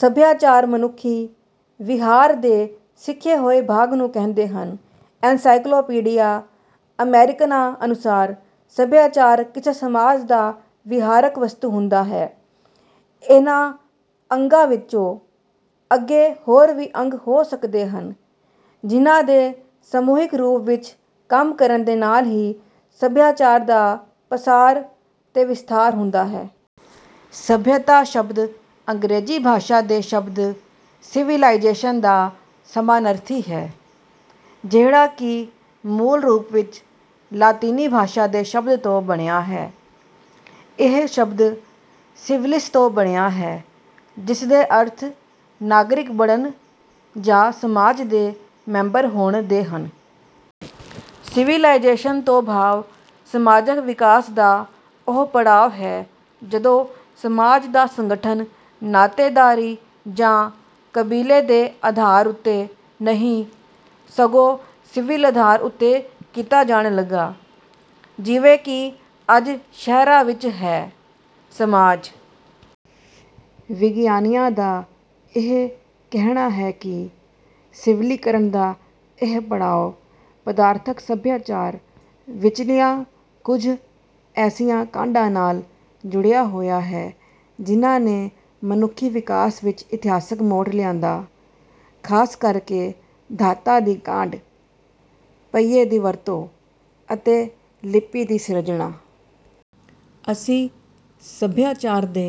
ਸਭਿਆਚਾਰ ਮਨੁੱਖੀ ਵਿਹਾਰ ਦੇ ਸਿੱਖੇ ਹੋਏ ਭਾਗ ਨੂੰ ਕਹਿੰਦੇ ਹਨ। ਐਨਸਾਈਕਲੋਪੀਡੀਆ ਅਮੈਰਿਕਨਾ ਅਨੁਸਾਰ ਸਭਿਆਚਾਰ ਕਿਸੇ ਸਮਾਜ ਦਾ ਵਿਹਾਰਕ ਵਸਤੂ ਹੁੰਦਾ ਹੈ। ਇਹਨਾਂ ਅੰਗਾਂ ਵਿੱਚੋਂ ਅੱਗੇ ਹੋਰ ਵੀ ਅੰਗ ਹੋ ਸਕਦੇ ਹਨ ਜਿਹਨਾਂ ਦੇ ਸਮੂਹਿਕ ਰੂਪ ਵਿੱਚ ਕੰਮ ਕਰਨ ਦੇ ਨਾਲ ਹੀ ਸਭਿਆਚਾਰ ਦਾ ਪਸਾਰ ਤੇ ਵਿਸਥਾਰ ਹੁੰਦਾ ਹੈ। ਸਭਿਅਤਾ ਸ਼ਬਦ ਅੰਗਰੇਜ਼ੀ ਭਾਸ਼ਾ ਦੇ ਸ਼ਬਦ 'ਸਿਵਿਲਾਈਜ਼ੇਸ਼ਨ' ਦਾ ਸਮਾਨਰਥੀ ਹੈ, ਜਿਹੜਾ ਕਿ ਮੂਲ ਰੂਪ ਵਿੱਚ ਲਾਤੀਨੀ ਭਾਸ਼ਾ ਦੇ ਸ਼ਬਦ ਤੋਂ ਬਣਿਆ ਹੈ। ਇਹ ਸ਼ਬਦ 'ਸਿਵਲਿਸ' ਤੋਂ ਬਣਿਆ ਹੈ, ਜਿਸਦੇ ਅਰਥ ਨਾਗਰਿਕ ਬਣਨ ਜਾਂ ਸਮਾਜ ਦੇ ਮੈਂਬਰ ਹੋਣ ਦੇ ਹਨ। ਸਿਵਿਲਾਈਜ਼ੇਸ਼ਨ ਤੋਂ ਭਾਵ ਸਮਾਜਕ ਵਿਕਾਸ ਦਾ ਉਹ ਪੜਾਅ ਹੈ ਜਦੋਂ ਸਮਾਜ ਦਾ ਸੰਗਠਨ ਨਾਤੇਦਾਰੀ ਜਾਂ ਕਬੀਲੇ ਦੇ ਆਧਾਰ ਉੱਤੇ ਨਹੀਂ, ਸਗੋਂ ਸਿਵਿਲ ਆਧਾਰ ਉੱਤੇ ਕੀਤਾ ਜਾਣ ਲੱਗਾ, ਜਿਵੇਂ ਕਿ ਅੱਜ ਸ਼ਹਿਰਾਂ ਵਿੱਚ ਹੈ। ਸਮਾਜ ਵਿਗਿਆਨੀਆਂ ਦਾ ਇਹ ਕਹਿਣਾ ਹੈ ਕਿ ਸਿਵਿਲੀਕਰਨ ਦਾ ਇਹ ਪੜਾਅ ਪਦਾਰਥਕ ਸਭਿਆਚਾਰ ਵਿੱਚਲੀਆਂ ਕੁਝ ਐਸੀਆਂ ਕਾਢਾਂ ਨਾਲ ਜੁੜਿਆ ਹੋਇਆ ਹੈ, ਜਿਹਨਾਂ ਨੇ ਮਨੁੱਖੀ ਵਿਕਾਸ ਵਿੱਚ ਇਤਿਹਾਸਕ ਮੋੜ ਲਿਆਂਦਾ, ਖ਼ਾਸ ਕਰ ਕੇ ਧਾਤਾਂ ਦੀ ਕਾਢ, ਪਹੀਏ ਦੀ ਵਰਤੋਂ ਅਤੇ ਲਿਪੀ ਦੀ ਸਿਰਜਣਾ। ਅਸੀਂ ਸਭਿਆਚਾਰ ਦੇ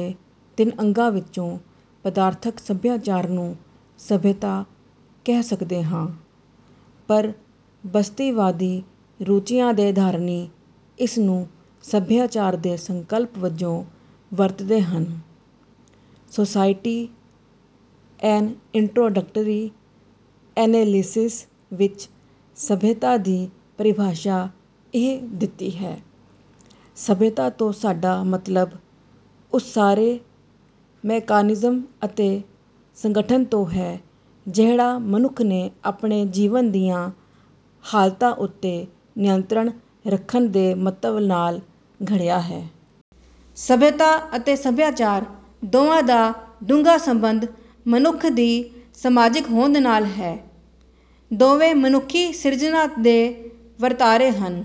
ਤਿੰਨ ਅੰਗਾਂ ਵਿੱਚੋਂ ਪਦਾਰਥਕ ਸਭਿਆਚਾਰ ਨੂੰ ਸੱਭਿਅਤਾ ਕਹਿ ਸਕਦੇ ਹਾਂ, ਪਰ ਬਸਤੀਵਾਦੀ ਰੂਚੀਆਂ ਦੇ ਧਾਰਨੀ ਇਸ ਨੂੰ ਸਭਿਆਚਾਰ ਦੇ ਸੰਕਲਪ ਵਜੋਂ ਵਰਤਦੇ ਹਨ। ਸੁਸਾਇਟੀ, ਐਨ ਇੰਟਰੋਡਕਟਰੀ ਅਨੈਲਿਸਿਜ਼' ਵਿੱਚ ਸਭਿਅਤਾ ਦੀ ਪਰਿਭਾਸ਼ਾ ਇਹ ਦਿੱਤੀ ਹੈ ਸਭਿਅਤਾ ਤੋਂ ਸਾਡਾ ਮਤਲਬ ਉਸ ਸਾਰੇ ਮੈਕਾਨਿਜ਼ਮ ਅਤੇ ਸੰਗਠਨ ਤੋਂ ਹੈ, ਜਿਹੜਾ ਮਨੁੱਖ ਨੇ ਆਪਣੇ ਜੀਵਨ ਦੀਆਂ ਹਾਲਤਾਂ ਉੱਤੇ ਨਿਯੰਤਰਣ ਰੱਖਣ ਦੇ ਮੰਤਵ ਨਾਲ ਘੜਿਆ ਹੈ। ਸਭਿਅਤਾ ਅਤੇ ਸਭਿਆਚਾਰ ਦੋਵਾਂ ਦਾ ਡੂੰਘਾ ਸੰਬੰਧ ਮਨੁੱਖ ਦੀ ਸਮਾਜਿਕ ਹੋਂਦ ਨਾਲ ਹੈ। ਦੋਵੇਂ ਮਨੁੱਖੀ ਸਿਰਜਨਾ ਦੇ ਵਰਤਾਰੇ ਹਨ।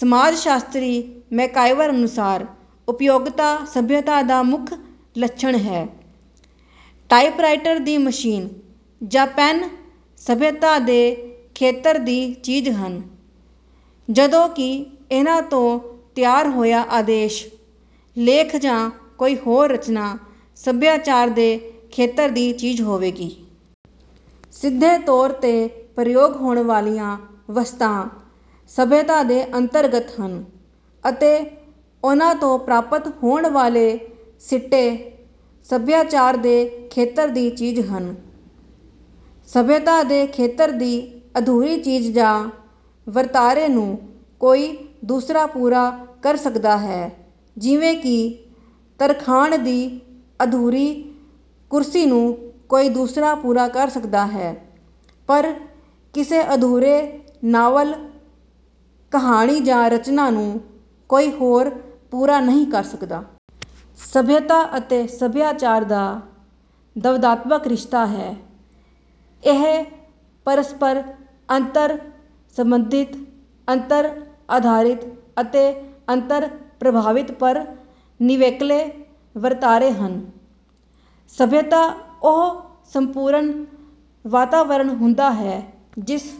ਸਮਾਜ ਸ਼ਾਸਤਰੀ ਮੈਕਾਈਵਰ ਅਨੁਸਾਰ ਉਪਯੋਗਤਾ ਸਭਿਅਤਾ ਦਾ ਮੁੱਖ ਲੱਛਣ ਹੈ। ਟਾਇਪ ਰਾਈਟਰ ਦੀ ਮਸ਼ੀਨ ਜਾਂ ਪੈਨ ਸਭਿਅਤਾ ਦੇ ਖੇਤਰ ਦੀ ਚੀਜ਼ ਹਨ ਜਦੋਂ ਕਿ ਇਹਨਾਂ ਤੋਂ ਤਿਆਰ ਹੋਇਆ ਆਦੇਸ਼ ਲੇਖ ਜਾਂ ਕੋਈ ਹੋਰ ਰਚਨਾ ਸਭਿਆਚਾਰ ਦੇ ਖੇਤਰ ਦੀ ਚੀਜ਼ ਹੋਵੇਗੀ। ਸਿੱਧੇ ਤੌਰ ਤੇ ਪ੍ਰਯੋਗ ਹੋਣ ਵਾਲੀਆਂ ਵਸਤਾਂ ਸਭਿਅਤਾ ਦੇ ਅੰਤਰਗਤ ਹਨ ਅਤੇ ਉਨ੍ਹਾਂ ਤੋਂ ਪ੍ਰਾਪਤ ਹੋਣ ਵਾਲੇ ਸਿੱਟੇ ਸਭਿਆਚਾਰ ਦੇ ਖੇਤਰ ਦੀ ਚੀਜ਼ ਹਨ। ਸਭਿਅਤਾ ਦੇ ਖੇਤਰ ਦੀ ਅਧੂਰੀ ਚੀਜ਼ ਜਾਂ ਵਰਤਾਰੇ ਨੂੰ ਕੋਈ ਦੂਸਰਾ ਪੂਰਾ ਕਰ ਸਕਦਾ ਹੈ ਜਿਵੇਂ ਕਿ ਤਰਖਾਣ ਦੀ ਅਧੂਰੀ ਕੁਰਸੀ ਨੂੰ ਕੋਈ ਦੂਸਰਾ ਪੂਰਾ ਕਰ ਸਕਦਾ ਹੈ, ਪਰ ਕਿਸੇ ਅਧੂਰੇ ਨਾਵਲ, ਕਹਾਣੀ ਜਾਂ ਰਚਨਾ ਨੂੰ ਕੋਈ ਹੋਰ ਪੂਰਾ ਨਹੀਂ ਕਰ ਸਕਦਾ। ਸਭਿਅਤਾ ਅਤੇ ਸਭਿਆਚਾਰ ਦਾ ਦਵੰਦਾਤਮਕ ਰਿਸ਼ਤਾ ਹੈ। ਇਹ ਪਰਸਪਰ ਅੰਤਰ-ਸੰਬੰਧਿਤ, ਅੰਤਰ-ਆਧਾਰਿਤ ਅਤੇ ਅੰਤਰ-ਪ੍ਰਭਾਵਿਤ ਪਰ ਨਿਵੇਕਲੇ ਵਰਤਾਰੇ ਹਨ। ਸਭਿਅਤਾ ਉਹ ਸੰਪੂਰਨ ਵਾਤਾਵਰਨ ਹੁੰਦਾ ਹੈ ਜਿਸ